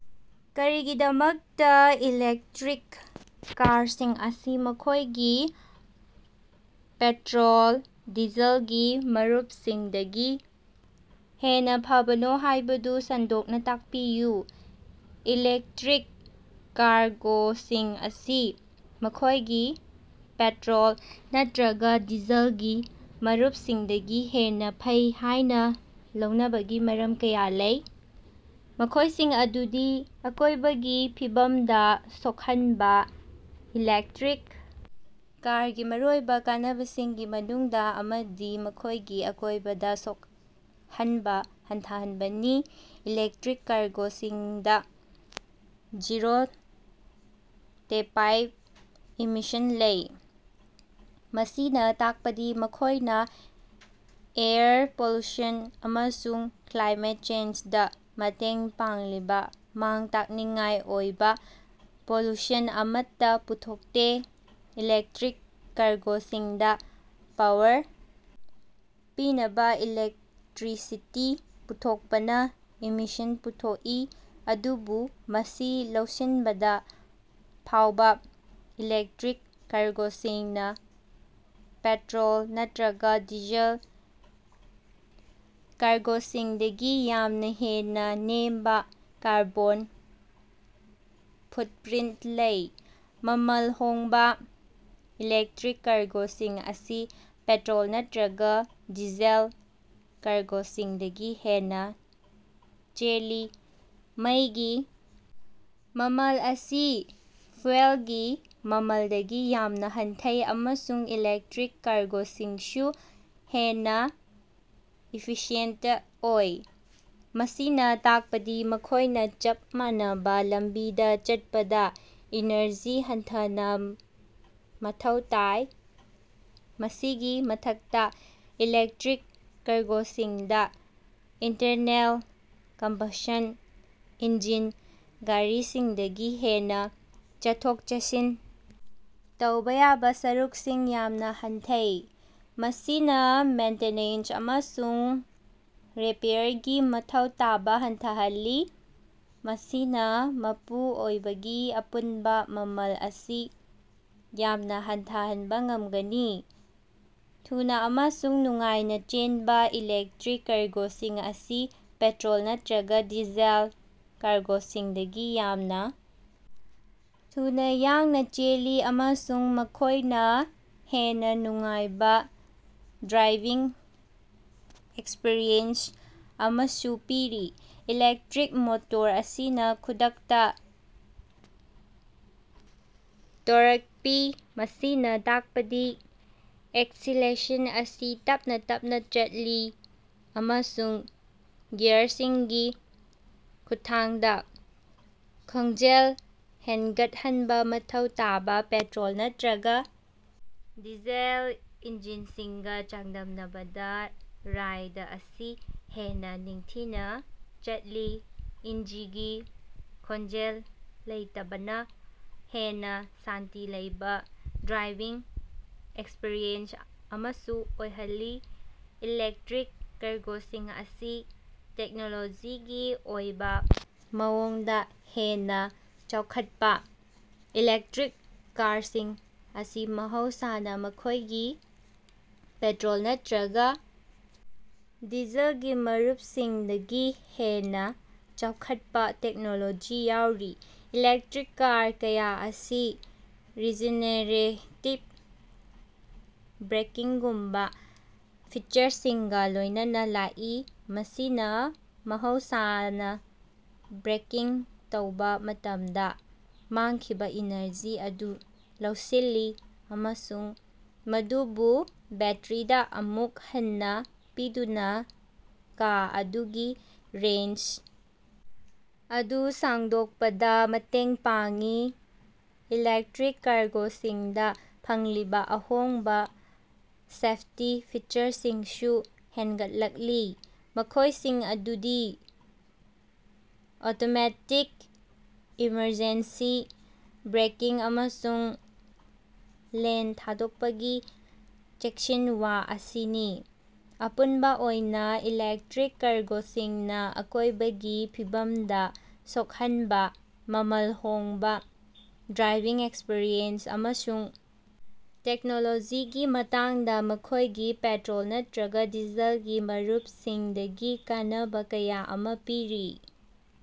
ꯀꯔꯤꯒꯤꯗꯃꯛꯇꯥ ꯏꯂꯦꯛꯇꯔꯤꯛ ꯀꯥꯔꯁꯤꯡ ꯑꯁꯤ ꯃꯈꯣꯏꯒꯤ ꯄꯦꯠꯇꯔꯣꯜ/ꯗꯤꯖꯜꯒꯤ ꯃꯔꯨꯞꯁꯤꯡꯗꯒꯤ ꯍꯦꯟꯅꯥ ꯐꯕꯅꯣ ꯍꯥꯏꯕꯗꯨ ꯁꯟꯗꯣꯛꯅꯥ ꯇꯥꯛꯄꯤꯌꯨ꯫ ꯏꯂꯦꯛꯇꯔꯤꯛ ꯀꯥꯔꯒꯣꯁꯤꯡ ꯑꯁꯤ ꯃꯈꯣꯏꯒꯤ ꯄꯦꯠꯇꯔꯣꯜ ꯅꯠꯇ꯭ꯔꯒꯥ ꯗꯤꯖꯜꯒꯤ ꯃꯔꯨꯞꯁꯤꯡꯗꯒꯤ ꯍꯦꯟꯅꯥ ꯐꯩ ꯍꯥꯏꯅꯥ ꯂꯧꯅꯕꯒꯤ ꯃꯔꯝ ꯀꯌꯥ ꯂꯩ, ꯃꯈꯣꯏꯁꯤꯡ ꯑꯗꯨꯗꯤ: ꯑꯀꯣꯏꯕꯒꯤ ꯐꯤꯕꯝꯗꯥ ꯁꯣꯛꯍꯟꯕꯥ: ꯏꯂꯦꯛꯇꯔꯤꯛ ꯀꯥꯔꯒꯤ ꯃꯔꯨꯑꯣꯏꯕꯥ ꯀꯥꯟꯅꯕꯁꯤꯡꯒꯤ ꯃꯅꯨꯡꯗꯥ ꯑꯃꯗꯤ ꯃꯈꯣꯏꯒꯤ ꯑꯀꯣꯏꯕꯗꯥ ꯁꯣꯛꯍꯟꯕꯥ ꯍꯟꯊꯍꯟꯕꯅꯤ꯫ ꯏꯂꯦꯛꯇꯔꯤꯛ ꯀꯥꯔꯒꯣꯁꯤꯡꯗꯥ ꯖꯤꯔꯣ ꯇꯦꯞꯄꯥꯏꯞ ꯏꯃꯤꯁꯟ ꯂꯩ, ꯃꯁꯤꯅꯥ ꯇꯥꯛꯄꯗꯤ ꯃꯈꯣꯏꯅꯥ ꯑꯦꯌꯔ ꯄꯣꯂꯨꯁꯟ ꯑꯃꯁꯨꯡ ꯀ꯭ꯂꯥꯏꯃꯦꯠ ꯆꯦꯟꯖꯗꯥ ꯃꯇꯦꯡ ꯄꯥꯡꯂꯤꯕꯥ ꯃꯥꯡ-ꯇꯥꯛꯅꯤꯡꯉꯥꯏ ꯑꯣꯏꯕꯥ ꯄꯣꯂꯨꯁꯟ ꯑꯃꯠꯇꯥ ꯄꯨꯊꯣꯛꯇꯦ꯫ ꯏꯂꯦꯛꯇꯔꯤꯛ ꯀꯥꯔꯒꯣꯁꯤꯡꯗꯥ ꯄꯥꯋꯔ ꯄꯤꯅꯕꯥ ꯏꯂꯦꯛꯇꯔꯤꯁꯤꯇꯤ ꯄꯨꯊꯣꯛꯄꯅꯥ ꯏꯃꯤꯁꯟ ꯄꯨꯊꯣꯛꯏ, ꯑꯗꯨꯕꯨ ꯃꯁꯤ ꯂꯧꯁꯤꯟꯕꯗꯥ ꯐꯥꯎꯕꯥ ꯏꯂꯦꯛꯇꯔꯤꯛ ꯀꯥꯔꯒꯣꯁꯤꯡꯅꯥ ꯄꯦꯇꯔꯣꯜ ꯅꯠꯇ꯭ꯔꯒꯥ ꯗꯤꯖꯦꯜ ꯀꯥꯔꯒꯣꯁꯤꯡꯗꯒꯤ ꯌꯥꯝꯅꯥ ꯍꯦꯟꯅꯥ ꯅꯦꯝꯕꯥ ꯀꯥꯔꯕꯣꯟ ꯐꯨꯠꯄꯔꯤꯟꯇ ꯂꯩ꯫ ꯃꯃꯜ ꯍꯣꯡꯕꯥ: ꯏꯂꯦꯛꯇꯔꯤꯛ ꯀꯥꯔꯒꯣꯁꯤꯡ ꯑꯁꯤ ꯄꯦꯇꯔꯣꯜ ꯅꯠꯇ꯭ꯔꯒꯥ ꯗꯤꯖꯦꯜ ꯀꯥꯔꯒꯣꯁꯤꯡꯗꯒꯤ ꯍꯦꯟꯅꯥ ꯆꯦꯜꯂꯤ꯫ ꯃꯩꯒꯤ ꯃꯃꯜ ꯑꯁꯤ ꯐ꯭ꯌꯨꯑꯦꯜꯒꯤ ꯃꯃꯜꯗꯒꯤ ꯌꯥꯝꯅꯥ ꯍꯟꯊꯩ, ꯑꯃꯁꯨꯡ ꯏꯂꯦꯛꯇꯔꯤꯛ ꯀꯥꯔꯒꯣꯁꯤꯡꯁꯨ ꯍꯦꯟꯅꯥ ꯏꯐꯤꯁꯤꯑꯦꯟꯇ ꯑꯣꯏ, ꯃꯁꯤꯅꯥ ꯇꯥꯛꯄꯗꯤ ꯃꯈꯣꯏꯅꯥ ꯆꯞ ꯃꯥꯟꯅꯕꯥ ꯂꯝꯕꯤꯗꯥ ꯆꯠꯄꯗꯥ ꯏꯅꯔꯖꯤ ꯍꯟꯊꯅꯥ ꯃꯊꯧ ꯇꯥꯏ꯫ ꯃꯁꯤꯒꯤ ꯃꯊꯛꯇꯥ, ꯏꯂꯦꯛꯇꯔꯤꯛ ꯀꯥꯔꯒꯣꯁꯤꯡꯗꯥ ꯏꯟꯇꯔꯅꯦꯜ ꯀꯝꯕꯁꯟ ꯏꯟꯖꯤꯟ ꯒꯥꯔꯤꯁꯤꯡꯗꯒꯤ ꯍꯦꯟꯅꯥ ꯆꯠꯊꯣꯛ-ꯆꯠꯁꯤꯟ ꯇꯧꯕꯥ ꯌꯥꯕꯥ ꯁꯔꯨꯛꯁꯤꯡ ꯌꯥꯝꯅꯥ ꯍꯟꯊꯩ, ꯃꯁꯤꯅꯥ ꯃꯦꯟꯇꯦꯅꯦꯟꯁ ꯑꯃꯁꯨꯡ ꯔꯤꯄꯦꯌꯔꯒꯤ ꯃꯊꯧ ꯇꯥꯕꯥ ꯍꯟꯊꯍꯜꯂꯤ, ꯃꯁꯤꯅꯥ ꯃꯄꯨ ꯑꯣꯏꯕꯒꯤ ꯑꯄꯨꯟꯕꯥ ꯃꯃꯜ ꯑꯁꯤ ꯌꯥꯝꯅꯥ ꯍꯟꯊꯍꯟꯕꯥ ꯉꯝꯒꯅꯤ꯫ ꯊꯨꯅꯥ ꯑꯃꯁꯨꯡ ꯅꯨꯡꯉꯥꯏꯅꯥ ꯆꯦꯟꯕꯥ: ꯏꯂꯦꯛꯇꯔꯤꯛ ꯀꯥꯔꯒꯣꯁꯤꯡ ꯑꯁꯤ ꯄꯦꯇꯔꯣꯜ ꯅꯠꯇ꯭ꯔꯒꯥ ꯗꯤꯖꯦꯜ ꯀꯥꯔꯒꯣꯁꯤꯡꯗꯒꯤ ꯌꯥꯝꯅꯥ ꯊꯨꯅꯥ ꯌꯥꯡꯅꯥ ꯆꯦꯜꯂꯤ, ꯑꯃꯁꯨꯡ ꯃꯈꯣꯏꯅꯥ ꯍꯦꯟꯅꯥ ꯅꯨꯡꯉꯥꯏꯕꯥ ꯗ꯭ꯔꯥꯏꯚꯤꯡ ꯑꯦꯛꯁꯄꯤꯔꯤꯑꯦꯟꯁ ꯑꯃꯁꯨ ꯄꯤꯔꯤ꯫ ꯏꯂꯦꯛꯇꯔꯤꯛ ꯃꯣꯇꯣꯔ ꯑꯁꯤꯅꯥ ꯈꯨꯗꯛꯇꯥ ꯇꯣꯔꯛ ꯄꯤ, ꯃꯁꯤꯅꯥ ꯇꯥꯛꯄꯗꯤ ꯑꯦꯛꯁꯤꯂꯦꯁꯟ ꯑꯁꯤ ꯇꯞꯅꯥ ꯇꯞꯅꯥ ꯆꯠꯂꯤ ꯑꯃꯁꯨꯡ ꯒꯤꯌꯔꯁꯤꯡꯒꯤ ꯈꯨꯠꯊꯥꯡꯗꯥ ꯈꯣꯡꯖꯦꯜ ꯍꯦꯟꯒꯠꯍꯟꯕꯥ ꯃꯊꯧ ꯇꯥꯕꯥ ꯄꯦꯇꯔꯣꯜ ꯅꯠꯇ꯭ꯔꯒꯥ ꯗꯤꯖꯦꯜ ꯏꯟꯖꯤꯟꯁꯤꯡꯒꯥ ꯆꯥꯡꯗꯝꯅꯕꯗꯥ ꯔꯥꯏꯗ ꯑꯁꯤ ꯍꯦꯟꯅꯥ ꯅꯤꯡꯊꯤꯅꯥ ꯆꯠꯂꯤ꯫ ꯏꯟꯖꯤꯒꯤ ꯈꯣꯟꯖꯦꯜ ꯂꯩꯇꯕꯅꯥ ꯍꯦꯟꯅꯥ ꯁꯥꯟꯇꯤ ꯂꯩꯕꯥ ꯗ꯭ꯔꯥꯏꯚꯤꯡ ꯑꯦꯛꯁꯄꯤꯔꯤꯑꯦꯟꯁ ꯑꯃꯁꯨ ꯑꯣꯏꯍꯜꯂꯤ꯫ ꯏꯂꯦꯛꯇꯔꯤꯛ ꯀꯥꯔꯒꯣꯁꯤꯡ ꯑꯁꯤ ꯇꯦꯛꯅꯣꯂꯣꯖꯤꯒꯤ ꯑꯣꯏꯕꯥ ꯃꯑꯣꯡꯗꯥ ꯍꯦꯟꯅꯥ ꯆꯥꯎꯈꯠꯄꯥ: ꯏꯂꯦꯛꯇꯔꯤꯛ ꯀꯥꯔꯁꯤꯡ ꯑꯁꯤ ꯃꯍꯧꯁꯥꯅꯥ ꯃꯈꯣꯏꯒꯤ ꯄꯦꯇꯔꯣꯜ ꯅꯠꯇ꯭ꯔꯒꯥ ꯗꯤꯖꯜꯒꯤ ꯃꯔꯨꯞꯁꯤꯡꯗꯒꯤ ꯍꯦꯟꯅꯥ ꯆꯥꯎꯈꯠꯄꯥ ꯇꯦꯛꯅꯣꯂꯣꯖꯤ ꯌꯥꯎꯔꯤ꯫ ꯏꯂꯦꯛꯇꯔꯤꯛ ꯀꯥꯔ ꯀꯌꯥ ꯑꯁꯤ ꯔꯤꯖꯦꯅꯦꯔꯦꯇꯤꯕ ꯕ꯭ꯔꯦꯀꯤꯡꯒꯨꯝꯕꯥ ꯐꯤꯆꯔꯁꯤꯡꯒꯥ ꯂꯣꯏꯅꯅꯥ ꯂꯥꯛꯏ, ꯃꯁꯤꯅꯥ ꯃꯍꯧꯁꯥꯅꯥ ꯕ꯭ꯔꯦꯀꯤꯡ ꯇꯧꯕꯥ ꯃꯇꯝꯗꯥ ꯃꯥꯡꯈꯤꯕꯥ ꯏꯅꯔꯖꯤ ꯑꯗꯨ ꯂꯧꯁꯤꯜꯂꯤ ꯑꯃꯁꯨꯡ ꯃꯗꯨꯕꯨ ꯕꯦꯠꯇꯔꯤꯗꯥ ꯑꯃꯨꯛ ꯍꯟꯅꯥ ꯄꯤꯗꯨꯅꯥ ꯀꯥ ꯑꯗꯨꯒꯤ ꯔꯦꯟꯖ ꯑꯗꯨ ꯁꯥꯡꯗꯣꯛꯄꯗꯥ ꯃꯇꯦꯡ ꯄꯥꯡꯏ꯫ ꯏꯂꯦꯛꯇꯔꯤꯛ ꯀꯥꯔꯒꯣꯁꯤꯡꯗꯥ ꯐꯪꯂꯤꯕꯥ ꯑꯍꯣꯡꯕꯥ ꯁꯦꯐꯇꯤ ꯐꯤꯆꯔꯁꯤꯡꯁꯨ ꯍꯦꯟꯒꯠꯂꯛꯂꯤ, ꯃꯈꯣꯏꯁꯤꯡ ꯑꯗꯨꯗꯤ ꯑꯣꯇꯣꯃꯦꯇꯤꯛ ꯏꯃꯔꯖꯦꯟꯁꯤ ꯕ꯭ꯔꯦꯀꯤꯡ ꯑꯃꯁꯨꯡ ꯂꯦꯟ ꯊꯥꯗꯣꯛꯄꯒꯤ ꯆꯦꯛꯁꯤꯟꯋꯥ ꯑꯁꯤꯅꯤ꯫ ꯑꯄꯨꯟꯕꯥ ꯑꯣꯏꯅꯥ, ꯏꯂꯦꯛꯇꯔꯤꯛ ꯀꯥꯔꯒꯣꯁꯤꯡꯅꯥ ꯑꯀꯣꯏꯕꯒꯤ ꯐꯤꯕꯝꯗꯥ ꯁꯣꯛꯍꯟꯕꯥ, ꯃꯃꯜ ꯍꯣꯡꯕꯥ, ꯗ꯭ꯔꯥꯏꯚꯤꯡ ꯑꯦꯛꯁꯄꯤꯔꯤꯑꯦꯟꯁ, ꯑꯃꯁꯨꯡ ꯇꯦꯛꯅꯣꯂꯣꯖꯤꯒꯤ ꯃꯇꯥꯡꯗꯥ ꯃꯈꯣꯏꯒꯤ ꯄꯦꯇꯔꯣꯜ ꯅꯠꯇ꯭ꯔꯒꯥ ꯗꯤꯖꯜꯒꯤ ꯃꯔꯨꯄꯁꯤꯡꯗꯒꯤ ꯀꯥꯟꯅꯕꯥ ꯀꯌꯥ ꯑꯃꯥ ꯄꯤꯔꯤ꯫